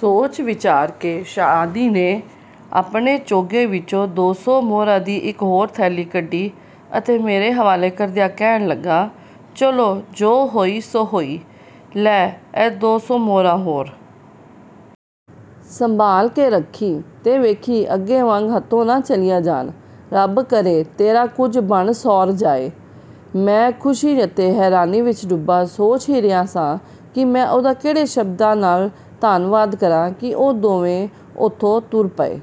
ਸੋਚ ਵਿਚਾਰ ਕੇ ਸਾਆਦੀ ਨੇ ਆਪਣੇ ਚੋਗੇ ਵਿਚੋਂ ਦੋ ਸੌ ਮੁਹਰਾਂ ਦੀ ਇਕ ਹੋਰ ਥੈਲੀ ਕੱਢੀ ਅਤੇ ਮੇਰੇ ਹਵਾਲੇ ਕਰਦਿਆਂ ਕਹਿਣ ਲੱਗਾ, "ਚਲੋ ਜੋ ਹੋਈ ਸੋ ਹੋਈ। ਲੈ ਇਹ ਦੋ ਸੌ ਮੁਹਰਾਂ ਹੋਰ। ਸੰਭਾਲ ਕੇ ਰਖੀਂ ਤੇ ਵੇਖੀਂ ਅਗੇ ਵਾਂਙ ਹੱਥੋਂ ਨਾ ਚਲੀਆਂ ਜਾਣ। ਰੱਬ ਕਰੇ ਤੇਰਾ ਕੁਝ ਬਣ ਸੌਰ ਜਾਏ! " ਮੈਂ ਖ਼ੁਸ਼ੀ ਅਤੇ ਹੈਰਾਨੀ ਵਿਚ ਡੁੱਬਾ ਸੋਚ ਹੀ ਰਿਹਾ ਸਾਂ ਕਿ ਮੈਂ ਉਹਦਾ ਕਿਹੜੇ ਸ਼ਬਦਾਂ ਨਾਲ ਧੰਨਵਾਦ ਕਰਾਂ ਕਿ ਉਹ ਦੋਵੇਂ ਉਥੋਂ ਤੁਰ ਪਏ।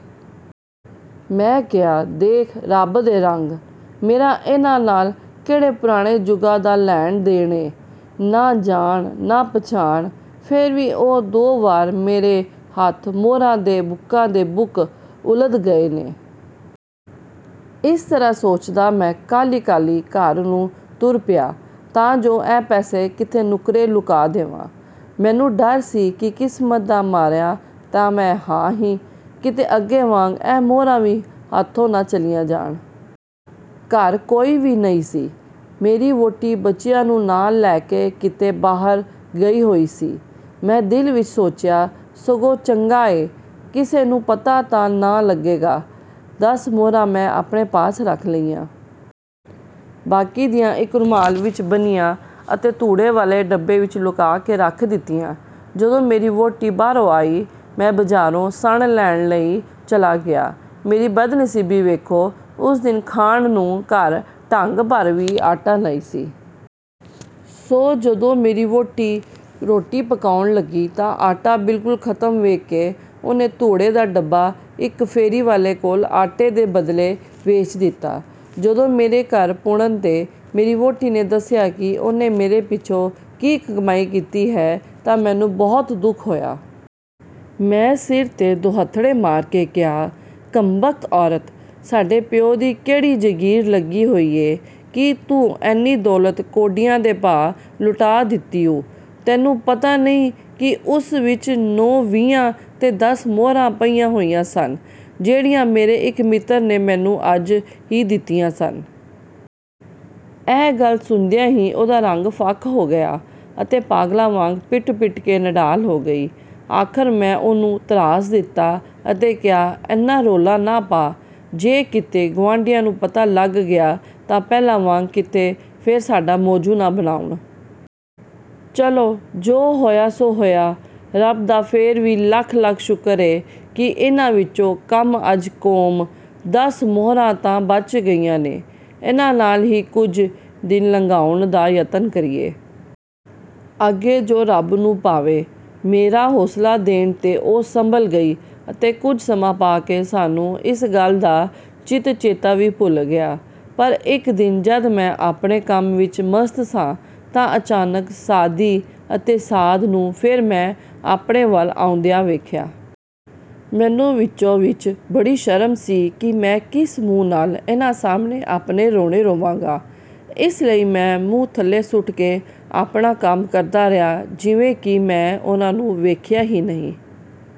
ਮੈਂ ਕਿਹਾ, ਦੇਖ ਰਬ ਦੇ ਰੰਗ! ਮੇਰਾ ਇਹਨਾਂ ਨਾਲ ਕਿਹੜੇ ਪੁਰਾਣੇ ਜੁਗਾਂ ਦਾ ਲੈਣ ਦੇਣ ਏ! ਨਾ ਜਾਣ, ਨਾ ਪਛਾਣ, ਫੇਰ ਵੀ ਉਹ ਦੋ ਵਾਰ ਮੇਰੇ ਹੱਥ ਮੁਹਰਾਂ ਦੇ ਬੁੱਕਾਂ ਦੇ ਬੁੱਕ ਉਲੱਦ ਗਏ ਨੇ! " ਇਸ ਤਰ੍ਹਾਂ ਸੋਚਦਾ ਮੈਂ ਕਾਹਲੀ ਕਾਹਲੀ ਘਰ ਨੂੰ ਤੁਰ ਪਿਆ ਤਾਂ ਜੋ ਇਹ ਪੈਸੇ ਕਿਸੇ ਨੁੱਕਰੇ ਲੁਕਾ ਦੇਵਾਂ। ਮੈਨੂੰ ਡਰ ਸੀ ਕਿ ਕਿਸਮਤ ਦਾ ਮਾਰਿਆ ਤਾਂ ਮੈਂ ਹਾਂ ਹੀ, ਕਿਤੇ ਅੱਗੇ ਵਾਂਙ ਇਹ ਮੁਹਰਾਂ ਵੀ ਹੱਥੋਂ ਨ ਚਲੀਆਂ ਜਾਣ। ਘਰ ਕੋਈ ਵੀ ਨਹੀਂ ਸੀ। ਮੇਰੀ ਵਹੁਟੀ ਬੱਚਿਆਂ ਨੂੰ ਨਾਲ ਲੈ ਕੇ ਕਿਤੇ ਬਾਹਰ ਗਈ ਹੋਈ ਸੀ। ਮੈਂ ਦਿਲ ਵਿਚ ਸੋਚਿਆ, ਸਗੋਂ ਚੰਗਾ ਏ ਕਿਸੇ ਨੂੰ ਪਤਾ ਤਾਂ ਨ ਲਗੇਗਾ! ਦਸ ਮੁਹਰਾਂ ਮੈਂ ਆਪਣੇ ਪਾਸ ਰਖ ਲਈਆਂ। ਬਾਕੀ ਦੀਆਂ ਇਕ ਰੁਮਾਲ ਵਿਚ ਬੰਨ੍ਹੀਆਂ ਅਤੇ ਧੂੜੇ ਵਾਲੇ ਡੱਬੇ ਵਿਚ ਲੁਕਾ ਕੇ ਰੱਖ ਦਿੱਤੀਆਂ। ਜਦੋਂ ਮੇਰੀ ਵਹੁਟੀ ਬਾਹਰੋਂ ਆਈ, ਮੈਂ ਬਜ਼ਾਰੋਂ ਸਣ ਲੈਣ ਲਈ ਚਲਾ ਗਿਆ। ਮੇਰੀ ਬਦਨਸੀਬੀ ਵੇਖੋ! ਉਸ ਦਿਨ ਖਾਣ ਨੂੰ ਘਰ ਡੰਗ ਭਰ ਵੀ ਆਟਾ ਨਹੀਂ ਸੀ। ਸੋ ਜਦੋਂ ਮੇਰੀ ਵਹੁਟੀ ਰੋਟੀ ਪਕਾਉਣ ਲੱਗੀ ਤਾਂ ਆਟਾ ਬਿਲਕੁਲ ਖ਼ਤਮ ਵੇਖ ਕੇ ਉਹਨੇ ਧੂੜੇ ਦਾ ਡੱਬਾ ਇਕ ਫੇਰੀ ਵਾਲੇ ਕੋਲ ਆਟੇ ਦੇ ਬਦਲੇ ਵੇਚ ਦਿੱਤਾ। ਜਦੋਂ ਮੇਰੇ ਘਰ ਮੁੜਨ ਤੇ ਮੇਰੀ ਵਹੁਟੀ ਨੇ ਦਸਿਆ ਕਿ ਉਹਨੇ ਮੇਰੇ ਪਿਛੋਂ ਕੀ ਕਮਾਈ ਕੀਤੀ ਹੈ ਤਾਂ ਮੈਨੂੰ ਬਹੁਤ ਦੁਖ ਹੋਇਆ। ਮੈਂ ਸਿਰ ਤੇ ਦੋਹੱਥੜੇ ਮਾਰ ਕੇ ਕਿਹਾ, "ਕਮਬਖ਼ਤ ਔਰਤ! ਸਾਡੇ ਪਿਉ ਦੀ ਕਿਹੜੀ ਜਗੀਰ ਲੱਗੀ ਹੋਈ ਏ ਕਿ ਤੂੰ ਐਨੀ ਦੌਲਤ ਕੌਡੀਆਂ ਦੇ ਭਾਅ ਲੁਟਾ ਦਿੱਤੀ ਊ। ਤੈਨੂੰ ਪਤਾ ਨਹੀਂ ਕਿ ਉਸ ਵਿਚ ਨੌ ਵੀਹਾਂ ਤੇ ਦਸ ਮੁਹਰਾਂ ਪਈਆਂ ਹੋਈਆਂ ਸਨ ਜਿਹੜੀਆਂ ਮੇਰੇ ਇਕ ਮਿੱਤਰ ਨੇ ਮੈਨੂੰ ਅੱਜ ਈ ਦਿੱਤੀਆਂ ਸਨ! " ਇਹ ਗੱਲ ਸੁਣਦਿਆਂ ਹੀ ਉਹਦਾ ਰੰਗ ਫੱਕ ਹੋ ਗਿਆ ਅਤੇ ਪਾਗਲਾਂ ਵਾਂਙ ਪਿਟ ਪਿਟ ਕੇ ਨਢਾਲ ਹੋ ਗਈ। ਆਖ਼ਰ ਮੈਂ ਉਹਨੂੰ ਧਰਾਸ ਦਿਤਾ ਅਤੇ ਕਿਹਾ, "ਐਨਾ ਰੌਲਾ ਨਾ ਪਾ। ਜੇ ਕਿਤੇ ਗਵਾਂਢੀਆਂ ਨੂੰ ਪਤਾ ਲੱਗ ਗਿਆ ਤਾਂ ਪਹਿਲਾਂ ਵਾਂਙ ਕਿਤੇ ਫੇਰ ਸਾਡਾ ਮੌਜੂ ਨ ਬਣਾਉਣ। ਚਲੋ ਜੋ ਹੋਇਆ ਸੋ ਹੋਇਆ! ਰੱਬ ਦਾ ਫੇਰ ਵੀ ਲੱਖ ਲੱਖ ਸ਼ੁਕਰ ਏ ਕਿ ਇਹਨਾਂ ਵਿੱਚੋਂ ਕਮ ਅਜ਼ ਕੋਮ ਦਸ ਮੁਹਰਾਂ ਤਾਂ ਬਚ ਗਈਆਂ ਨੇ। ਇਹਨਾਂ ਨਾਲ ਈ ਕੁਝ ਦਿਨ ਲੰਘਾਉਣ ਦਾ ਯਤਨ ਕਰੀਏ। ਅਗੇ ਜੋ ਰੱਬ ਨੂੰ ਭਾਵੇ! " ਮੇਰੇ ਹੌਸਲਾ ਦੇਣ ਤੇ ਉਹ ਸੰਭਲ ਗਈ ਅਤੇ ਕੁਝ ਸਮਾਂ ਪਾ ਕੇ ਸਾਨੂੰ ਇਸ ਗਲ ਦਾ ਚਿਤ ਚੇਤਾ ਵੀ ਭੁਲ ਗਿਆ। ਪਰ ਇਕ ਦਿਨ ਜਦ ਮੈਂ ਆਪਣੇ ਕੰਮ ਵਿਚ ਮਸਤ ਸਾਂ ਤਾਂ ਅਚਾਨਕ ਸਾਅਦੀ ਅਤੇ ਸਾਅਦ ਨੂੰ ਫੇਰ ਮੈਂ ਆਪਣੇ ਵਲ ਆਉਂਦਿਆਂ ਵੇਖਿਆ। ਮੈਨੂੰ ਵਿੱਚੋ ਵਿਚ ਬੜੀ ਸ਼ਰਮ ਸੀ ਕਿ ਮੈਂ ਕਿਸ ਮੂੰਹ ਨਾਲ ਇਹਨਾਂ ਸਾਹਮਣੇ ਆਪਣੇ ਰੋਣੇ ਰੋਵਾਂਗਾ। ਇਸ ਲਈ ਮੈਂ ਮੂੰਹ ਥੱਲੇ ਸੁੱਟ ਕੇ ਆਪਣਾ ਕੰਮ ਕਰਦਾ ਰਿਹਾ ਜਿਵੇਂ ਕਿ ਮੈਂ ਉਹਨਾਂ ਨੂੰ ਵੇਖਿਆ ਹੀ ਨਹੀਂ।